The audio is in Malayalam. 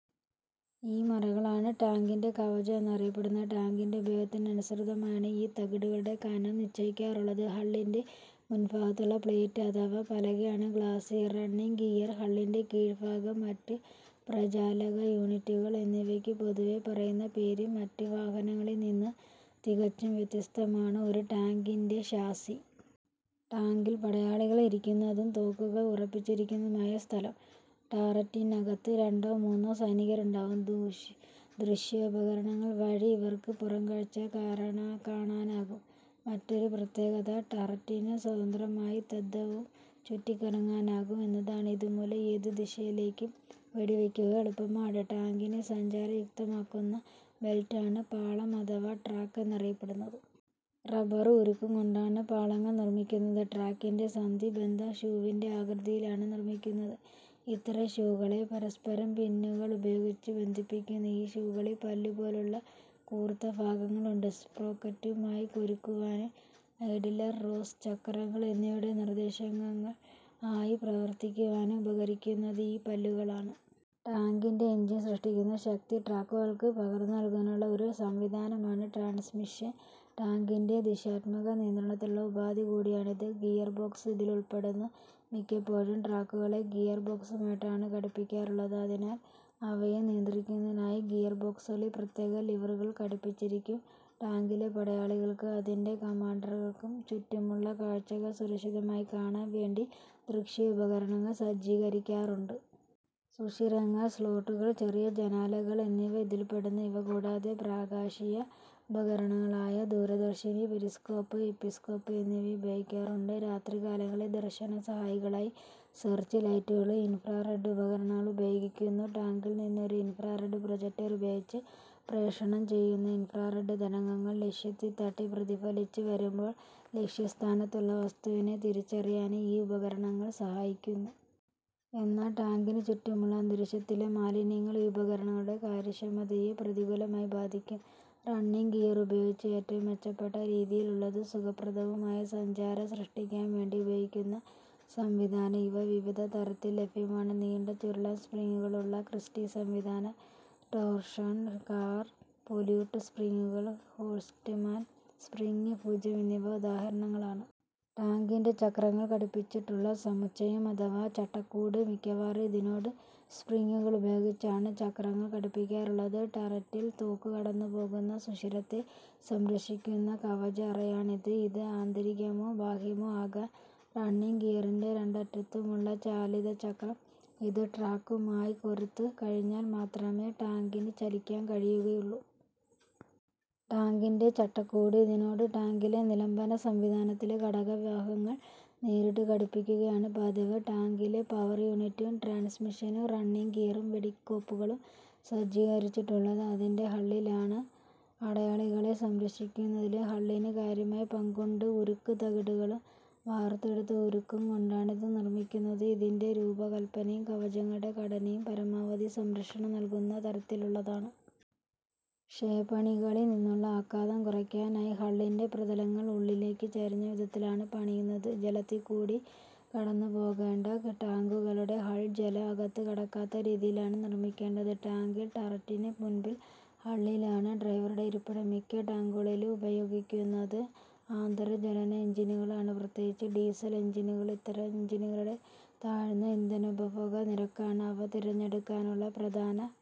ഈ മറകളാണ് ടാങ്കിന്റെ കവചം എന്നറിയപ്പെടുന്നത്. ടാങ്കിന്റെ ഉപയോഗത്തിനനുസൃതമായാണ് ഈ തകിടുകളുടെ കനം നിശ്ചയിക്കാറുള്ളത്. ഹള്ളിന്റെ മുൻഭാഗത്തുള്ള പ്ലേറ്റ് അഥവാ പലകയാണ് ഗ്ലാസി. റണ്ണിങ്ങ് ഗിയർ, ഹള്ളിന്റെ കീഴ്ഭാഗം, മറ്റു പ്രചാലക യൂണിറ്റുകൾ എന്നിവയ്ക്കു പൊതുവേ പറയുന്ന പേര്. മറ്റു വാഹനങ്ങളിൽ നിന്നും തികച്ചും വ്യത്യസ്തമാണ് ഒരു ടാങ്കിന്റെ ഷാസി. ടാങ്കിൽ പടയാളികൾ ഇരിക്കുന്നതും തോക്കുകൾ ഉറപ്പിച്ചിരിക്കുന്നതുമായ സ്ഥലം. ടാററ്റിനകത്തു രണ്ടോ മൂന്നോ സൈനികരുണ്ടാവും. ദൃശ്യോപകരണങ്ങൾ വഴി ഇവർക്കു പുറംകാഴ്ചകൾ കാണാനാകും. മറ്റൊരു പ്രത്യേകത ടററ്റിനു സ്വതന്ത്രമായി ത്ഥ -ഉം ചുറ്റിക്കറങ്ങാനാകും എന്നതാണ്. ഇതുമൂലം ഏതു ദിശയിലേക്കും വെടിവെയ്ക്കുക എളുപ്പമാണ്. ടാങ്കിനെ സഞ്ചാരയുക്തമാക്കുന്ന ബെൽറ്റാണ് പാളം അഥവാ ട്രാക്ക് എന്നറിയപ്പെടുന്നത്. റബറും ഉരുക്കും കൊണ്ടാണ് പാളങ്ങൾ നിർമ്മിക്കുന്നത്. ട്രാക്കിന്റെ സന്ധി ബന്ധം ഷൂവിന്റെ ആകൃതിയിലാണ് നിർമ്മിക്കുന്നത്. ഇത്തരം 'ഷൂകളെ' പരസ്പരം പിന്നുകളുപയോഗിച്ചു ബന്ധിപ്പിക്കുന്നു. ഈ ഷൂകളിൽ പല്ലു പോലുള്ള കൂർത്ത ഭാഗങ്ങളുണ്ട്. സ്പ്രോക്കറ്റുമായി കൊരുക്കുവാനും, ഐഡ്ലർ, റോസ് ചക്രങ്ങൾ എന്നിവയുടെ നിർദ്ദേശകങ്ങൾ ആയി പ്രവർത്തിക്കുവാനും ഉപകരിക്കുന്നത് ഈ പല്ലുകളാണ്. ടാങ്കിന്റെ എൻജിൻ സൃഷ്ടിക്കുന്ന ശക്തി ട്രാക്കുകൾക്കു പകർന്നു നൽകുന്നതിനുള്ള ഒരു സംവിധാനമാണ് ട്രാൻസ്മിഷൻ. ടാങ്കിന്റെ ദിശാത്മക നിയന്ത്രണത്തിനുള്ള ഉപാധി കൂടിയാണിത്. ഗിയർ ബോക്സ് ഇതിൽ ഉൾപ്പെടുന്നു. മിക്കപ്പോഴും ട്രാക്കുകളെ ഗിയർ ബോക്സുമായിട്ടാണ് ഘടിപ്പിക്കാറുള്ളത്. അതിനാൽ അവയെ നിയന്ത്രിക്കുന്നതിനായി ഗിയർ ബോക്സുകളിൽ പ്രത്യേകം ലിവറുകൾ ഘടിപ്പിച്ചിരിക്കും. ടാങ്കിലെ പടയാളികൾക്കും അതിന്റെ കമാൻഡർക്കും ചുറ്റുമുള്ള കാഴ്ചകൾ സുരക്ഷിതമായി കാണാൻ വേണ്ടി ദൃശ്യോപകരണങ്ങൾ സജ്ജീകരിക്കാറുണ്ട്. സുഷിരങ്ങൾ, സ്ലോട്ടുകൾ, ചെറിയ ജനാലകൾ എന്നിവ ഇതിൽപ്പെടുന്നു. ഇവ കൂടാതെ പ്രകാശീയ ഉപകരണങ്ങളായ ദൂരദർശിനി, പെരിസ്കോപ്പ്, എപ്പിസ്കോപ്പ് എന്നിവയും ഉപയോഗിക്കാറുണ്ട്. രാത്രികാലങ്ങളിൽ ദർശന സഹായികളായി സെർച്ചു ലൈറ്റുകളും, ഇൻഫ്രാറെഡ് ഉപകരണങ്ങളും ഉപയോഗിക്കുന്നു. ടാങ്കിൽ നിന്നും ഒരു ഇൻഫ്രാറെഡ് പ്രൊജക്ടർ ഉപയോഗിച്ച് പ്രേഷണം ചെയ്യുന്ന ഇൻഫ്രാറെഡ് തരംഗങ്ങൾ ലക്ഷ്യത്തിൽ തട്ടി പ്രതിഫലിച്ചു വരുമ്പോൾ ലക്ഷ്യസ്ഥാനത്തുള്ള വസ്തുവിനെ തിരിച്ചറിയാനും ഈ ഉപകരണങ്ങൾ സഹായിക്കുന്നു. എന്നാൽ ടാങ്കിനു ചുറ്റുമുള്ള അന്തരീക്ഷത്തിലെ മാലിന്യങ്ങൾ ഈ ഉപകരണങ്ങളുടെ കാര്യക്ഷമതയെ പ്രതികൂലമായി ബാധിക്കും. റണ്ണിങ്ങ് ഗിയർ ഉപയോഗിച്ച്, ഏറ്റവും മെച്ചപ്പെട്ട രീതിയിലുള്ളതും സുഖപ്രദവുമായ സഞ്ചാരം സൃഷ്ടിക്കാൻ വേണ്ടി, ഉപയോഗിക്കുന്ന സംവിധാനം. ഇവ വിവിധ തരത്തിൽ ലഭ്യമാണ്. നീണ്ട ചുരുളൻ സ്പ്രിങ്ങുകളുള്ള ക്രിസ്റ്റി സംവിധാനം, ടോർഷൺ ബാർ, പൊല്യൂട്ട് സ്പ്രിങ്ങുകൾ, ഹോഴ്സ്റ്റ്മാൻ, സ്പ്രിങ്ങ് ഭുജം എന്നിവ ഉദാഹരണങ്ങളാണ്. ടാങ്കിന്റെ ചക്രങ്ങൾ ഘടിപ്പിച്ചിട്ടുള്ള സമുച്ചയം അഥവാ ചട്ടക്കൂട്. മിക്കവാറും ഇതിനോടു സ്പ്രിങ്ങുകളുപയോഗിച്ചാണ് ചക്രങ്ങൾ ഘടിപ്പിക്കാറുള്ളത്. ടററ്റിൽ തോക്കു കടന്നുപോകുന്ന സുഷിരത്തെ സംരക്ഷിക്കുന്ന കവച അറയാണിത്. ഇത് ആന്തരികമോ ബാഹ്യമോ ആകാം. റണ്ണിങ്ങ് ഗിയറിന്റെ രണ്ടറ്റത്തുമുള്ള ചാലിത ചക്രം. ഇതു ട്രാക്കുമായി കൊരുത്തു കഴിഞ്ഞാൽ മാത്രമേ ടാങ്കിനു ചലിക്കാൻ കഴിയുകയുള്ളു. ടാങ്കിന്റെ ചട്ടക്കൂട്. ഇതിനോടു ടാങ്കിലെ നിലംബന സംവിധാനത്തിലെ ഘടക ഭാഗങ്ങൾ നേരിട്ടു ഘടിപ്പിക്കുകയാണു പതിവ്. ടാങ്കിലെ പവർ യൂണിറ്റും, ട്രാൻസ്മിഷനും, റണ്ണിങ്ങ് ഗിയറും, വെടിക്കോപ്പുകളും സജ്ജീകരിച്ചിട്ടുള്ളത് അതിന്റെ ഹള്ളിലാണ്. പടയാളികളെ സംരക്ഷിക്കുന്നതിലും ഹള്ളിനു കാര്യമായ പങ്കുണ്ട്. ഉരുക്കു തകിടുകളും വാർത്തെടുത്ത ഉരുക്കും കൊണ്ടാണിത് നിർമ്മിക്കുന്നത്. ഇതിന്റെ രൂപകല്പനയും കവചങ്ങളുടെ ഘടനയും പരമാവധി സംരക്ഷണം നൽകുന്ന തരത്തിലുള്ളതാണ്. ക്ഷേപണികളിൽ നിന്നുള്ള ആഘാതം കുറയ്ക്കാനായി ഹള്ളിന്റെ പ്രതലങ്ങൾ ഉള്ളിലേക്കു ചരിഞ്ഞ വിധത്തിലാണ് പണിയുന്നത്. ജലത്തിൽ കൂടി കടന്നു പോകേണ്ട ടാങ്കുകളുടെ ഹൾ, ജലം അകത്തു കടക്കാത്ത രീതിയിലാണ് നിർമ്മിക്കേണ്ടത്. ടാങ്കിൽ ടററ്റിനു മുൻപിൽ ഹള്ളിലാണ് ഡ്രൈവറുടെ ഇരിപ്പിടം. മിക്ക ടാങ്കുകളിലും ഉപയോഗിക്കുന്നത് ആന്തര ജ്വലന എൻജിനുകളാണ്- പ്രത്യേകിച്ചും ഡീസൽ എൻജിനുകൾ. ഇത്തരം എൻജിനുകളുടെ താഴ്ന്ന ഇന്ധനോപഭോഗ നിരക്കാണ് അവ തിരഞ്ഞെടുക്കാനുള്ള പ്രധാന